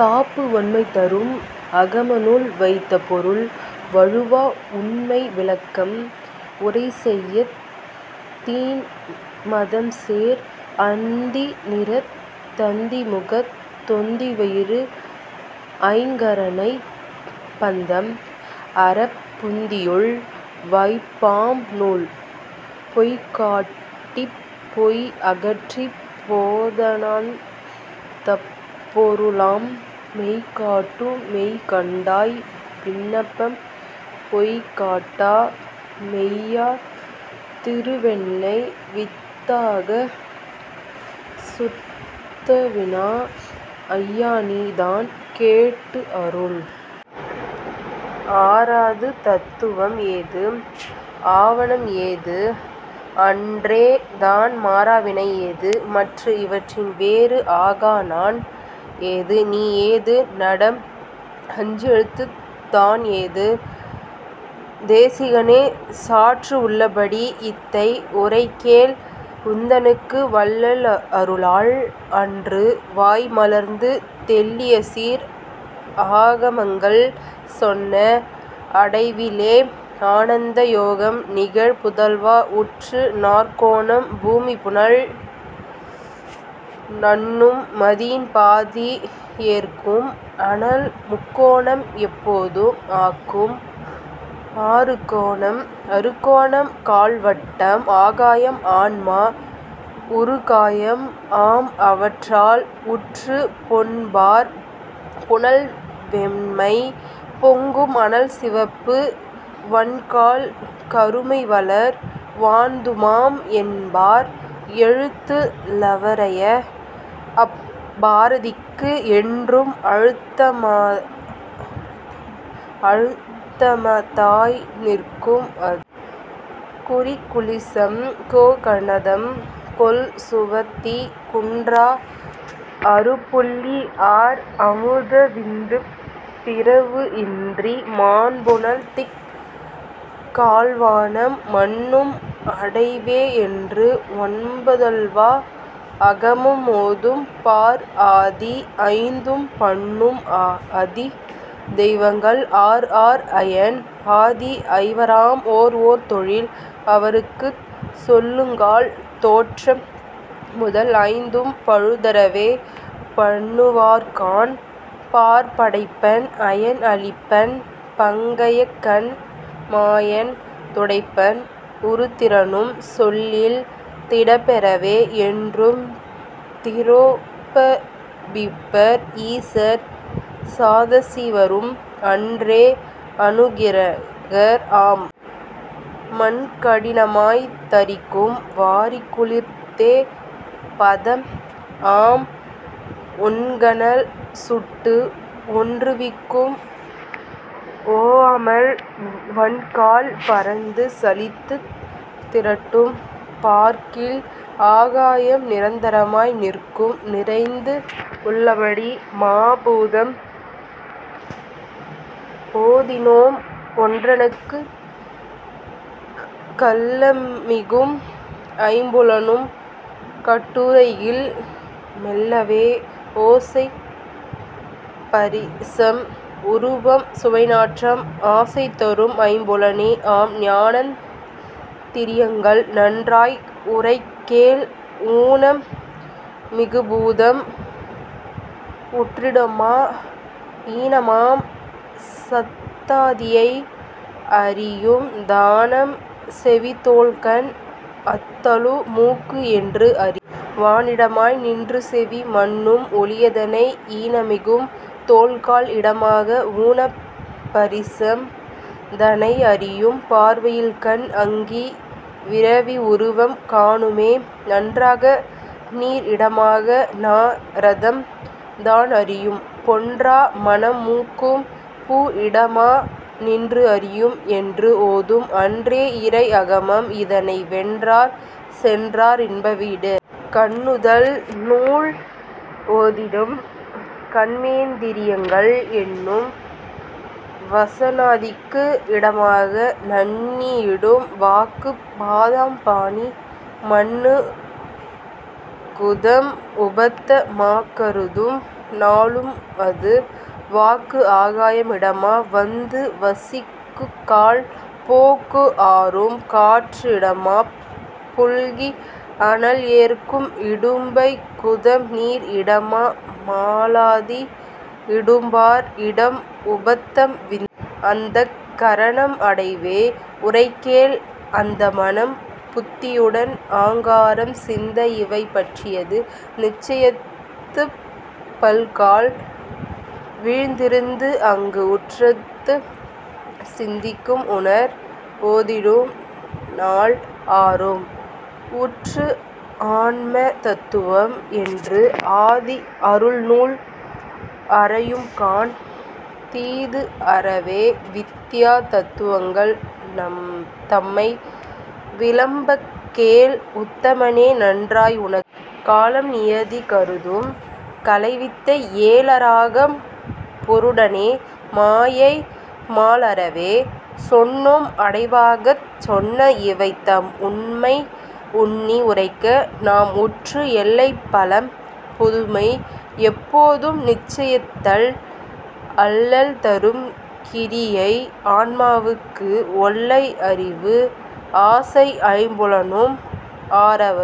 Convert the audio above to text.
காப்பு வண்மைதரும் ஆகமநூல் வைத்த பொருள் வழுவா உண்மைவிளக்கம் உரைசெய்யத் திண்மதம்சேர் அந்திநிறத் தந்திமுகத் தொந்திவயிற்று ஐங்கரனைப் பந்தம் அறப் புந்தியுள் வைப்பாம் நூல் பொய்காட்டிப் பொய் அகற்றிப் போதானந் தப்பொருளாம் மெய்காட்டும் மெய்கண்டாய் விண்ணப்பம் பொய்காட்டா மெய்யா திருவெண்ணை வித்தகா சுத்தவினா ஐயாநீ தான் கேட்டு அருள். ஆறாறு தத்துவம் ஏது ஆணவம் ஏது அன்றே தான் மாறா வினை ஏது மற்று இவற்றின் வேறு ஆகா நான் ஏது நீ ஏது நடம் அஞ்செழுத்துத் தான் ஏது தேசிகனே சாற்று உள்ளபடி இத்தை உரைக்கக்கேள் உந்தனக்கு வள்ளல் அருளால் அன்று வாய்மலர்ந்து தெள்ளியசீர் ஆகமங்கள் சொன்ன அடைவிலே ஆனந்த யோகம் நிகழ் புதல்வா உற்று நாற்கோணம் பூமிபுனல் நண்ணும் மதியின்பாதி ஏற்கும் அனல் முக்கோணம் எப்போதும் ஆக்கும் அறுகோணம் கால்வட்டம் ஆகாயம் ஆன்மா உறுகாயம் ஆம் இவற்றால் உற்று பொன்பார் புனல்வெண்மை பொங்கும் அனல்சிவப்பு வன்கால் கருமைவளர் வான்தூமம் என்பார் எழுத்து லவரய அப்பாராதிக்கு என்றும் அழுத்தமதாய் நிற்கும் அது. குறிகுலிசம் கோகனதம் கொள்சுவத்தி குன்றா அறுபுள்ளி ஆர் அமுத விந்துப் பிறிவு இன்றி மண்புனல்தீக் கால்வானம் மன்னும் அடைவேஎன்று ஒண்புதல்வா ஆகமம் ஓதும். பார் ஆதி ஐந்தும் பன்னும் அதி தெய்வங்கள் ஆர் ஆர் அயன் ஆதி ஐவராம் ஓர் ஓர் தொழில் அவர்க்குச் சொல்லுங்கால் தோற்றம் முதல் ஐந்தும் பழுதறவே பண்ணுவர்காண் பார் படைப்பன் அயன் அளிப்பன் பங்கயக்கண் மாயன் துடைப்பன் உருத்திரனும் சொல்லில் திடப்பெறவே என்றும் திரோபவிப்பர் ஈசர் சதாசிவரும் அன்றே அநுக்கிரகர் ஆம். மண்கடினமாய்த் தரிக்கும் வாரிகுளிர்ந்தே பதம் ஆம் ஒண்கனல் சுட்டு ஒன்றுவிக்கும் ஓவாமல் வண்கால் பரந்து சலித்துத் திரட்டும் பார்க்கில் ஆகாயம் நிரந்தரமாய் நிற்கும் நிறைந்து. உள்ளபடி மாபூதம் ஓதினோம் உன்றனக்குக் கள்ளம்மிகும் ஐம்புலனும் கட்டுரைக்கில் மெள்ளவே ஓசை பரிசம் உருவம் சுவைநாற்றம் ஆசைதரும் ஐம்புலனே ஆம் ஞானேந் திரியங்கள் நன்றாய்க் உரைக்கக்கேள் ஊனம் மிகுபூதம் உற்றிடமா ஈனமாம் சத்தாதியை அறியும் தானம் செவிதோல்கண் அத்தாலு மூக்கு என்று அறி. வானிடமாய் நின்றுசெவி மன்னும் ஒலியதனை ஈனமிகும் தோல்கால் இடமாக ஊனப் பரிசம் தனை அறியும் பார்வையில்கண் அங்கி விரவி உருவம் காணுமே. நன்றாக நீர் இடமாக நாஇரதம் தான் அறியும் பொன்றா மணம்மூக்கும் பூ இடமா நின்று அறியும் என்று ஓதும் அன்றே இறை ஆகமம் இதனை வென்றார் சென்றார் இன்ப வீடு. கண்நுதல் நூல் ஓதியிடும் கன்மேந்திரியங்கள் எண்ணும் வசனாதிக்கு இடமாக நண்ணியிடும் வாக்குப் பாதம்பாணி மன்னு குதம் உபத்த மாக்கருதும் நாளும் அது. வாக்கு ஆகாயம் இடமா வந்து வசனிக்குக்கால் போக்கு ஆரும் காற்று இடமாப் புல்கி அனல் ஏற்கும் இடும்பை குதம் நீர் இடமா மலாதி விடும்பார் இடம் உபத்தம் விந்து. அந்தக் கரணம் அடைவே உரைக்ககேள் அந்தமனம் புத்தியுடன் ஆங்காரம் சிந்தை இவை பற்றியது நிச்சயித்துப் பல்கால் எழுந்திருந்து அங்கு உற்றது சிந்திக்கும் உணர். ஓதியிடும் நால் ஆறும் உற்று ஆன்ம தத்துவம் என்று ஆதி அருள்நூல் அறையும்காண் தீது அறவே வித்தியா தத்துவங்கள் தம்மை விளம்ப்பக்கேள் உத்தமனே நன்றாய் உனக்கு. காலம்நியதி கருதும் கலைவித்தை ஏல இராகம் புருடனே மாயை மால் அறவே சொன்னோம் அடைவாகச் சொன்ன இவை தம் உண்மை உன்னி உரைக்க நாம் உற்று எல்லை பலம் புதுமை எப்போதும் நிச்சயித்தல் அல்லல் தரும் கிரியை ஆன்மாவுக்கு ஒல்லை அறிவு ஆசை ஐம்புலனும் ஆரவரும்